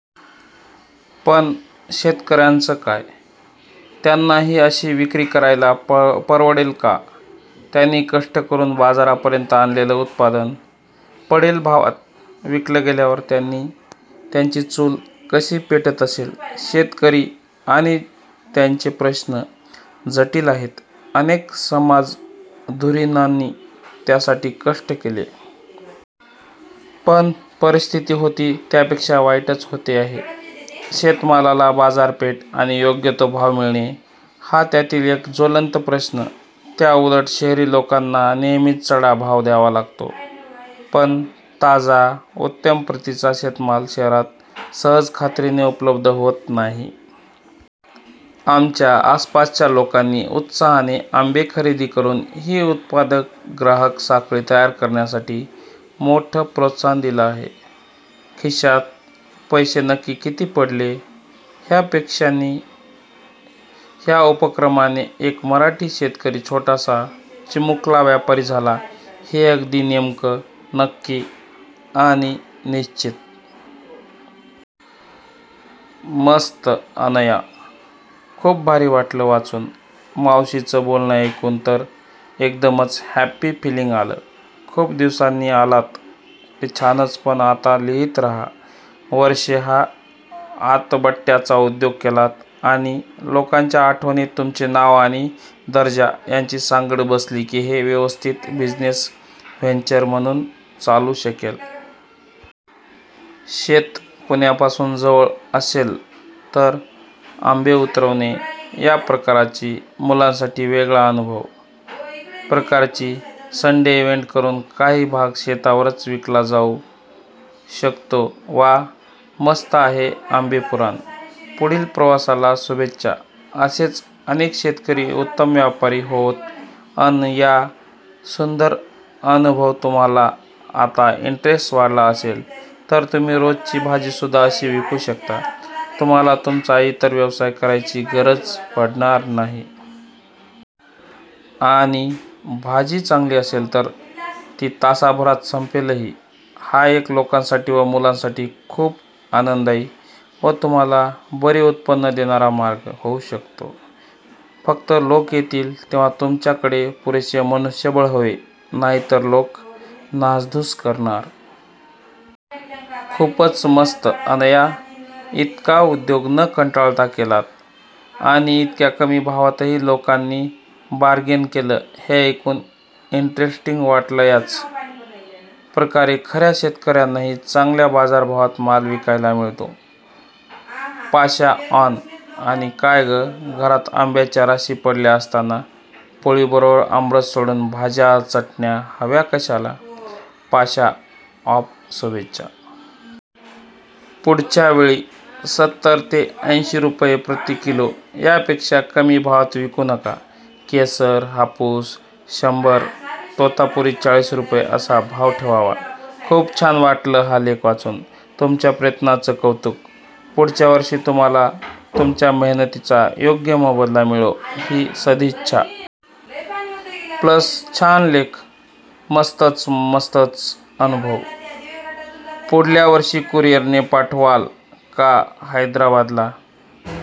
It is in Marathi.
पण शेतकऱ्यांचं काय? त्यांना ही अशी विक्री करायला परवडेल का? त्यांनी कष्ट करून बाजारापर्यंत आणलेलं उत्पादन पडेल भावात विकलं गेल्यावर त्यांची चूल कशी पेटत असेल? शेतकरी आणि त्यांचे प्रश्न जटिल आहेत. अनेक समाजधुरीणांनी त्यासाठी कष्ट केले. पण परिस्थिती होती त्यापेक्षा वाईटच होते आहे. शेतमालाला बाजारपेठ आणि योग्य तो भाव मिळणे, हा त्यातील एक ज्वलंत प्रश्न. त्याउलट शहरी लोकांना नेहमीच चढा भाव द्यावा लागतो. पण ताजा, उत्तम प्रतीचा शेतमाल शहरात सहज खात्रीने उपलब्ध होत नाही. आमच्या आसपासच्या लोकांनी उत्साहाने आंबे खरेदी करून ही उत्पादक-ग्राहक साखळी तयार करण्यासाठी मोठं प्रोत्साहन दिलं आहे. खिशात पैसे नक्की किती पडले? ह्या पेक्षाही ह्या उपक्रमाने एक मराठी शेतकरी छोटासा, चिमुकला व्यापारी झाला, हे अगदी नेमकं, नक्की आणि निश्चित!! मस्त अनया. खूप भारी वाटलं वाचुन. मावशीचं बोलणं ऐकुन तर एकदमचं हॅपी फीलिंग आलं. खुप दिवसांनी आलात ते छानच पण आता लिहीत रहा. वर्षे हा आतबट्ट्याचा उद्योग केलात आणि लोकांच्या आठवणीत तुमचे नाव आणि दर्जा यांची सांगड बसली की हे व्यवस्थित बिझनेस व्हेंचर म्हणून चालू शकेल. शेत पुण्यापासून जवळ असेल तर "आंबे उतरवणे " या प्रकाराची " मुलांसाठी वेगळा अनुभव" प्रकारची -संडे इव्हेंट करुन काही भाग शेतावरच विकला जाऊ शकतोवा, मस्त आहे आंबेपुराण.. पुढील प्रवासाला शुभेच्छाअसेच अनेक शेतकरी उत्तम व्यापारी होवोतअनया, सुंदर अनुभवतुम्हाला आता इंटरेस्ट वाढला असेल तर तुम्ही रोजची भाजीसुदधा अशी विकू शकता, तुम्हाला तुमचा इतर व्यवसाय करायची गरज पडणार नाही. आणि भाजी चांगली असेल तर ती तासाभरात संपेलही. हा एक लोकांसाठी व मुलांसाठी खूप आनंददायी व तुम्हाला बरे उत्पन्न देणारा मार्ग होऊ शकतो, फक्त लोक येतील तेव्हा तुमच्या कडे पुरेसे मनुष्यबळ हवे. नाहीतर लोक नासधूस करणार. खूपच मस्त अनया. इतका उद्योग न कंटाळता केलात, आणि इतक्या कमी भावातही लोकांनी बारगेन केलं हे ऐकून इंटरेस्टिंग वाटलंयाच प्रकारे खऱ्या शेतकऱ्यांनाही चांगल्या बाजारभावात माल विकायला मिळो. पांशा ऑन 'आणि काय गं, घरात आंब्याच्या राशी पडल्या असताना पोळी बरोबर आमरस सोडून भाज्या चटण्या हव्या कशाला' पांशा ऑफशुभेच्छा!! पुढच्या वेळी सत्तर ते ऐंशी रुपये प्रति किलो या पेक्षा कमी भावात विकू नका. केशर, हापूस शंभर, तोतापुरी चाळीस रुपये असा भाव ठेवावा. खूप छान वाटलं हा लेख वाचून. तुमच्या प्रयत्नांच कौतुक. पुढच्या वर्षी तुम्हाला तुमच्या मेहनतीचा योग्य मोबदला मिळो ही सदिच्छा. + छान लेख. मस्तचमस्तच अनुभव! पुढल्या वर्षी कुरियरने पाठवाल का हैदराबादला?